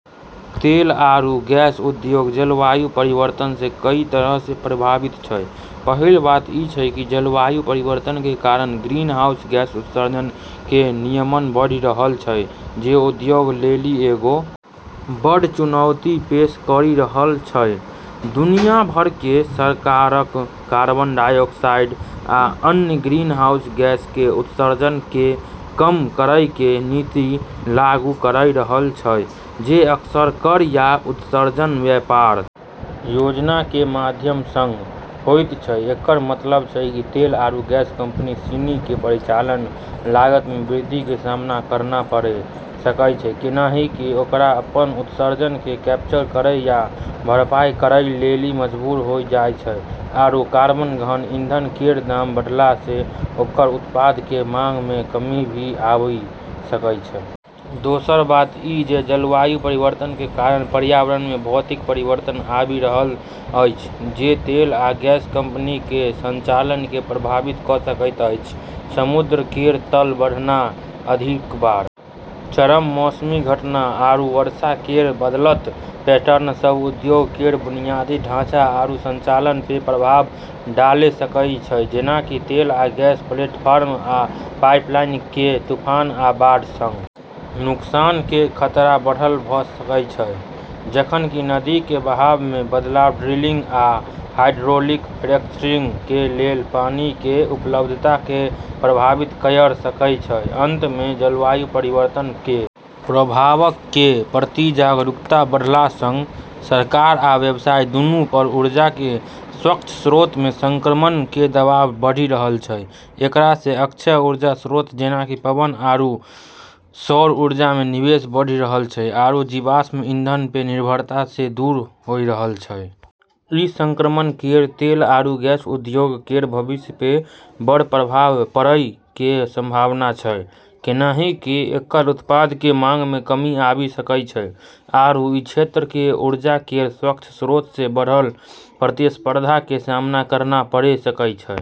तेल आरू गैस उद्योग जलवायु परिवर्तन से कई तरह से प्रभावित छै। पहिल बात ई छै कि जलवायु परिवर्तन के कारण ग्रीनहाउस गैस उत्सर्जन के नियमन बढ़ी रहलऽ छै जे उद्योग लेली एगो बड़ऽ चुनौती पेश करी रहलऽ छै, दुनिया भर कें सरकारक कार्बन डाइऑक्साइड आ अन्य ग्रीनहाउस गैस कें उत्सर्जन कें कम करय कें नीति लागू करय रहल छै जे अक्सर कर या उत्सर्जन व्यापार योजना कें माध्यम सं होयत छै, एकरऽ मतलब छै कि तेल आरू गैस कंपनी सिनी के परिचालन लागत मे वृद्धि के सामना करना पड़े सकै छै कैन्हेंकि ओकरा अपनऽ उत्सर्जन के कैप्चर करै या भरपाई करै लेली मजबूर होय जाय छै आरू कार्बन-गहन ईंधन केरऽ दाम बढ़ला से ओकरऽ उत्पादऽ के मांग मे कमी भी आबी सकै छै। दोसर बात ई जे जलवायु परिवर्तन के कारण पर्यावरण में भौतिक परिवर्तन आबि रहल अछि जे तेल आ गैस कंपनी के संचालन के प्रभावित क सकैत अछि, समुद्र केरऽ तल बढ़ना, अधिक बार चरम मौसमी घटना आरू वर्षा केरऽ बदलतऽ पैटर्न सब उद्योग केरऽ बुनियादी ढाँचा आरू संचालन पे प्रभाव डाले सकै छै जेना कि तेल आ गैस प्लेटफार्म आ पाइपलाइन कें तूफान आ बाढ़ सं नुकसान कें खतरा बढ़ल भ सकय छै जखन कि नदी कें बहाव मे बदलाव ड्रिलिंग आ हाइड्रोलिक फ्रैक्चरिंग कें लेल पानी कें उपलब्धता कें प्रभावित कयर सकय छै, अंत मे जलवायु परिवर्तन कें प्रभावक कें प्रति जागरूकता बढ़ला सं सरकार आ व्यवसाय दूनू पर ऊर्जा कें स्वच्छ स्रोत मे संक्रमण कें दबाव बढ़ी रहल छै, एकरा से अक्षय ऊर्जा स्रोत जेना कि पवन आरू सौर ऊर्जा मे निवेश बढ़ी रहलऽ छै आरू जीवाश्म ईंधन पे निर्भरता से दूर होय रहलऽ छै। ई संक्रमण केरऽ तेल आरू गैस उद्योग केरऽ भविष्य पे बड़ऽ प्रभाव पड़ै के संभावना छै कैन्हेंकि एकरऽ उत्पादऽ के मांग मे कमी आबी सकै छै आरू ई क्षेत्र के ऊर्जा केरऽ स्वच्छ स्रोतऽ से बढ़लऽ प्रतिस्पर्धा के सामना करना पड़े सकै छै।